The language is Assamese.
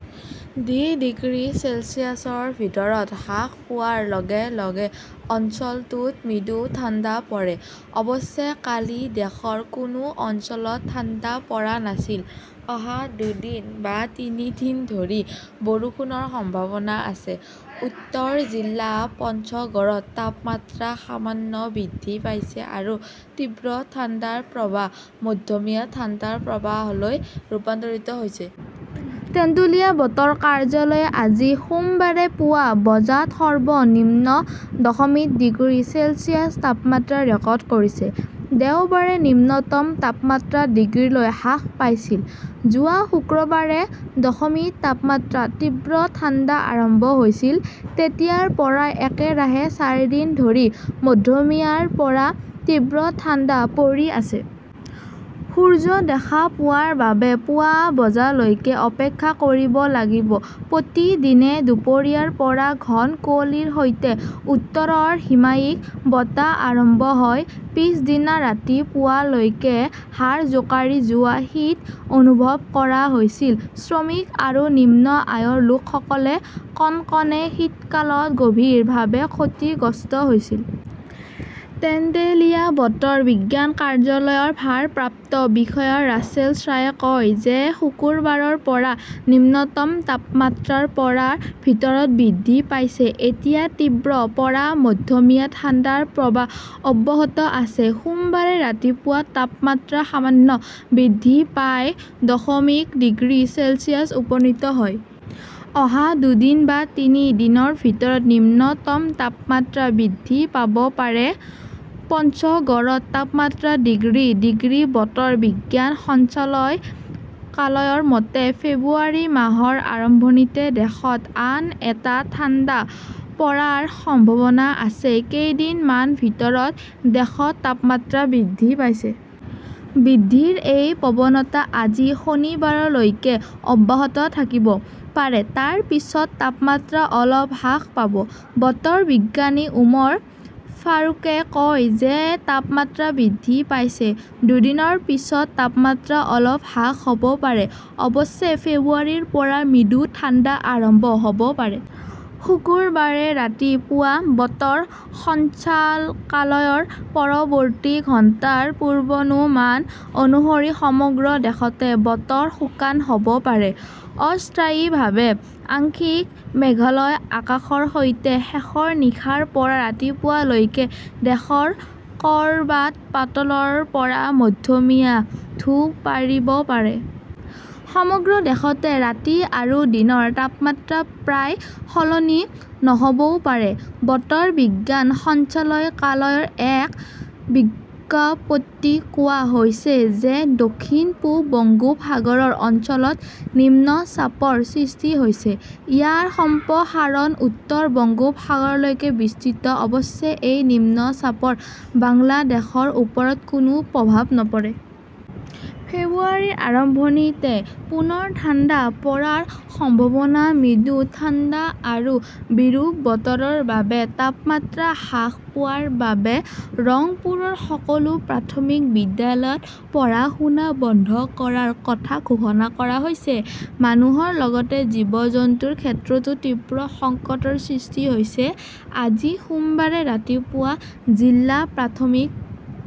ডি. ডিগ্ৰী চেলছিয়াছৰ ভিতৰত হ্ৰাস পোৱাৰ লগে লগে অঞ্চলটোত মৃদু ঠাণ্ডা পৰে। অৱশ্যে, কালি দেশৰ কোনো অঞ্চলত ঠাণ্ডা পৰা নাছিল। অহা দুদিন বা তিনি দিন ধৰি বৰষুণৰ সম্ভাৱনা আছে। উত্তৰ জিলা পঞ্চগৰত তাপমাত্ৰা সামান্য বৃদ্ধি পাইছে আৰু তীব্ৰ ঠাণ্ডাৰ প্ৰবাহ মধ্যমীয়া ঠাণ্ডাৰ প্ৰবাহলৈ ৰূপান্তৰিত হৈছে। টেন্টুলিয়া বতৰ কাৰ্যালয়ে আজি সোমবাৰে পুৱা বজাত সৰ্বনিম্ন দশমিক ডিগ্ৰী চেলছিয়াছ তাপমাত্ৰা ৰেকৰ্ড কৰিছে। দেওবাৰে নিম্নতম তাপমাত্ৰা ডিগ্ৰীলৈ হ্ৰাস পাইছিল। যোৱা শুক্ৰবাৰে দশমিক তাপমাত্ৰাত তীব্ৰ ঠাণ্ডা আৰম্ভ হৈছিল। তেতিয়াৰ পৰা একেৰাহে চাৰিদিন ধৰি মধ্যমীয়াৰ পৰা তীব্ৰ ঠাণ্ডা পৰি আছে। সূৰ্য দেখা পোৱাৰ বাবে পুৱা বজালৈকে অপেক্ষা কৰিব লাগিব। প্ৰতিদিনে দুপৰীয়াৰ পৰা ঘন কুঁৱলীৰ সৈতে উত্তৰৰ হিমায়িত বতাহ আৰম্ভ হয়। পিছদিনা ৰাতিপুৱা লৈকে হাড় জোকাৰি যোৱা শীত অনুভৱ কৰা হৈছিল। শ্ৰমিক আৰু নিম্ন আয়ৰ লোকসকলে কনকনে শীতকালত গভীৰভাৱে ক্ষতিগ্ৰস্ত হৈছে। তেন্তুলিয়া বতৰ বিজ্ঞান কাৰ্যালয়ৰ ভাৰপ্ৰাপ্ত বিষয়া ৰাছেল শ্বাহে কয় যে শুকুৰবাৰৰ পৰা নিম্নতম তাপমাত্ৰা ৰ পৰা ৰ ভিতৰত বৃদ্ধি পাইছে। এতিয়া তীব্ৰ পৰা মধ্যমীয়া ঠাণ্ডাৰ প্ৰৱাহ অব্যাহত আছে। সোমবাৰে ৰাতিপুৱা তাপমাত্ৰা সামান্য বৃদ্ধি পাই দশমিক ডিগ্ৰী চেলছিয়াছত উপনীত হয়। অহা দুদিন বা তিনি দিনৰ ভিতৰত নিম্নতম তাপমাত্ৰা বৃদ্ধি পাব পাৰে। পঞ্চগড়ত তাপমাত্ৰা ডিগ্ৰী ডিগ্ৰী বতৰ বিজ্ঞান সঞ্চালকালয়ৰ মতে, ফেব্ৰুৱাৰী মাহৰ আৰম্ভণিতে দেশত আন এটা ঠাণ্ডা পৰাৰ সম্ভাৱনা আছে। কেইদিনমানৰ ভিতৰত দেশত তাপমাত্ৰা বৃদ্ধি পাইছে। বৃদ্ধিৰ এই প্ৰৱণতা আজি শনিবাৰলৈকে অব্যাহত থাকিব পাৰে। তাৰ পিছত তাপমাত্ৰা অলপ হ্ৰাস পাব। বতৰ বিজ্ঞানী ওমৰ ফাৰুকে কয় যে তাপমাত্ৰা বৃদ্ধি পাইছে। দুদিনৰ পিছত তাপমাত্ৰা অলপ হ্ৰাস হ "ব পাৰে। অৱশ্যে, ফেব্ৰুৱাৰীৰ পৰা মৃদু ঠাণ্ডা আৰম্ভ হ 'ব পাৰে। শুকুৰবাৰে ৰাতিপুৱা বতৰ সঞ্চালকালয়ৰ পৰৱৰ্তী ঘণ্টাৰ পূৰ্বানুমান অনুসৰি সমগ্ৰ দেশতে বতৰ শুকান হ 'ব পাৰে, অস্থায়ীভাৱে আংশিক মেঘলা আকাশৰ সৈতে। শেষৰ নিশাৰ পৰা ৰাতিপুৱা লৈকে দেশৰ ক "ৰবাত পাতলৰ পৰা মধ্যমীয়া ধূস পৰিব পাৰে। সমগ্ৰ দেশতে ৰাতি আৰু দিনৰ তাপমাত্ৰা প্ৰায় সলনি নহ "বও পাৰে। বতৰ বিজ্ঞান সঞ্চালকালয়ৰ এক বিজ্ঞপ্তিত কোৱা হৈছে যে দক্ষিণ-পূব বংগোপসাগৰ অঞ্চলত নিম্নচাপৰ সৃষ্টি হৈছে। ইয়াৰ সম্প্ৰসাৰণ উত্তৰ বংগোপসাগৰলৈকে বিস্তৃত। অৱশ্যে এই নিম্নচাপৰ বাংলাদেশৰ ওপৰত কোনো প্ৰভাৱ নপৰে। ফেব্ৰুৱাৰীৰ আৰম্ভণিতে পুনৰ ঠাণ্ডা পৰাৰ সম্ভাৱনা মৃদু ঠাণ্ডা আৰু বিৰূপ বতৰৰ বাবে তাপমাত্ৰা হ্ৰাস পোৱাৰ বাবে ৰংপুৰৰ সকলো প্ৰাথমিক বিদ্যালয়ত পঢ়া-শুনা বন্ধ কৰাৰ কথা ঘোষণা কৰা হৈছে। মানুহৰ লগতে জীৱ-জন্তুৰ ক্ষেত্ৰতো তীব্ৰ সংকটৰ সৃষ্টি হৈছে। আজি সোমবাৰে ৰাতিপুৱা জিলা প্ৰাথমিক